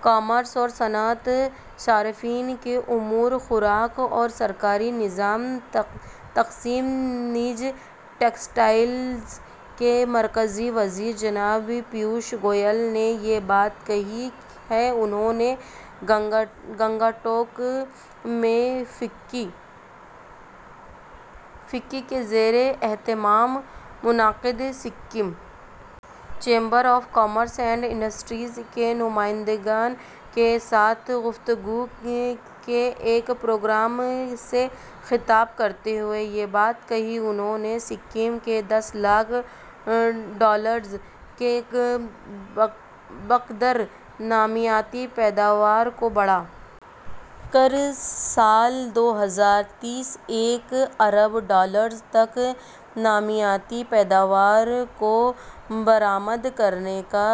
commerce اور صنعت صارفین کے امور خوراک اور سرکاری نظام تقسیم نیز ٹیکسٹائلز کے مرکزی وزیر جناب پیوش گوئل نے یہ بات کہی ہے انہوں نے گنگٹوک میں فکی کے زیراہتمام منعقدہ Sikkim chamber of commerce and industry کے نمائندگان کے ساتھ گفتگو کے ایک پروگرام سے خطاب کرتے ہوئے یہ بات کہی انہوں نے سکم میں دس لاکھ ڈالرز کے بقدر نامیاتی پیداوار کو بڑھا کر سال دو ہزار تیس تک ایک ارب ڈالرز تک نامیاتی پیداوار کو برآمد کرنے کا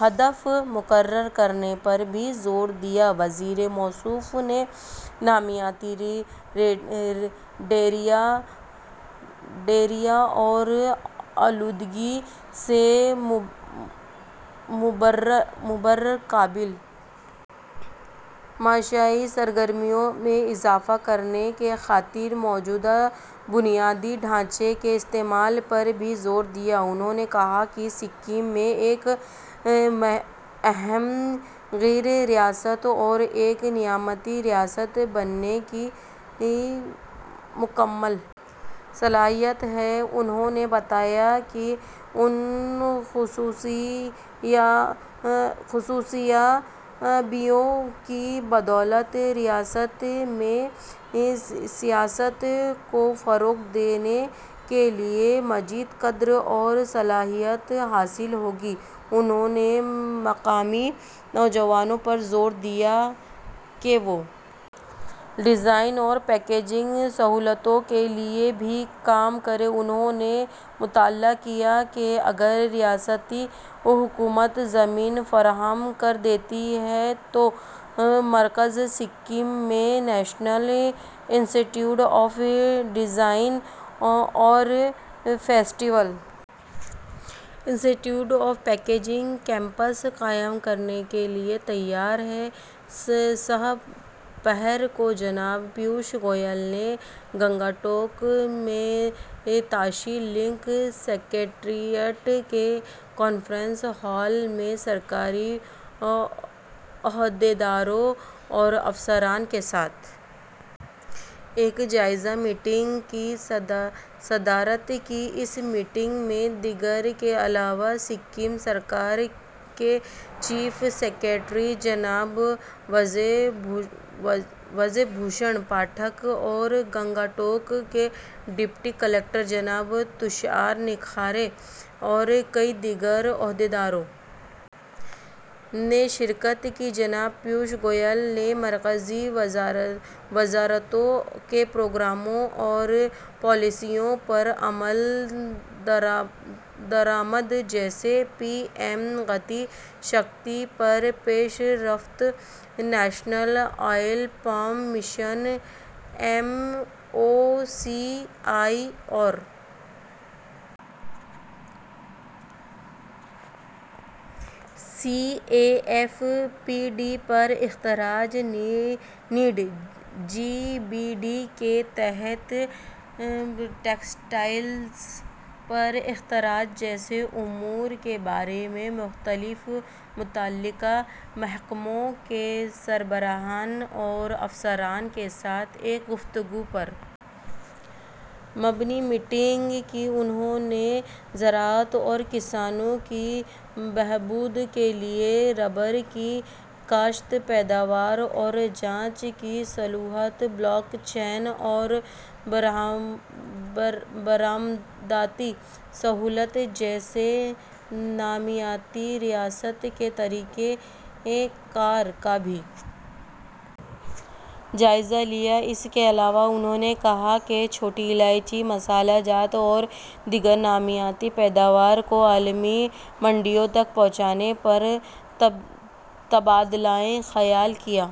ہدف مقرر کرنے پر بھی زور دیا وزیر موصوف نے نامیاتی دیرپا اور آلودگی سے مبرا قابل معاشی سرگرمیوں میں اضافہ کرنے کی خاطر موجودہ بنیادی ڈھانچے کے استعمال پر بھی زور دیا انہوں نے کہا کہ سکم میں ایک ہمہ گیر ریاست اور ایک نامیاتی ریاست بننے کی مکمل صلاحیت ہے انہوں نے بتایا کہ ان حصولیابیوں کی بدولت ریاست میں سیاحت کو فروغ دینے کے لیے مزید قدر اور صلاحیت حاصل ہوگی انہوں نے مقامی نوجوانوں پر زور دیا کہ وہ ڈیزائن اور پیکیجنگ سہولتوں کے لیے بھی کام کریں انہوں نے مطلع کیا کہ اگر ریاستی حکومت زمین فراہم کر دیتی ہے تو مرکز سکم میں national institute of design اور national institute of packaging campus قائم کرنے کے لیے تیار ہے سہ پہر کو جناب پیوش گوئل نے گنگٹوک میں تاشی لنگ سکریٹریٹ کے کانفرنس ہال میں سرکاری عہدیداروں اور افسران کے ساتھ ایک جائزہ میٹنگ کی صدارت کی اس میٹنگ میں دیگر کے علاوہ سکم سرکار کے چیف سکریٹری جناب وجے بھوشن پاٹھک اور گنگٹوک کے ڈپٹی کلکٹر جناب تشار نکھارے اور کئی دیگر عہدیداروں نے شرکت کی جناب پیوش گوئل نے مرکزی وزارتوں کے پروگراموں اور پالیسیوں پر عمل درآمد جیسے پی ایم گتی شکتی پر پیش رفت national oil palm mission M O C I اور C A F P D پر اخراجات نیز جی بی ڈی کے تحت ٹیکسٹائلز پر اخراجات جیسے امور کے بارے میں مختلف متعلقہ محکموں کے سربراہان اور افسران کے ساتھ ایک گفتگو پر مبنی میٹنگ کی انہوں نے زراعت اور کسانوں کی بہبود کے لیے ربر کی کاشت پیداوار اور جانچ کی سہولت بلاک چین اور برآمداتی سہولت جیسے نامیاتی ریاست کے طریق کار کا بھی جائزہ لیا اس کے علاوہ انہوں نے کہا کہ چھوٹی الائچی مصالحہ جات اور دیگر نامیاتی پیداوار کو عالمی منڈیوں تک پہنچانے پر تبادلہ خیال کیا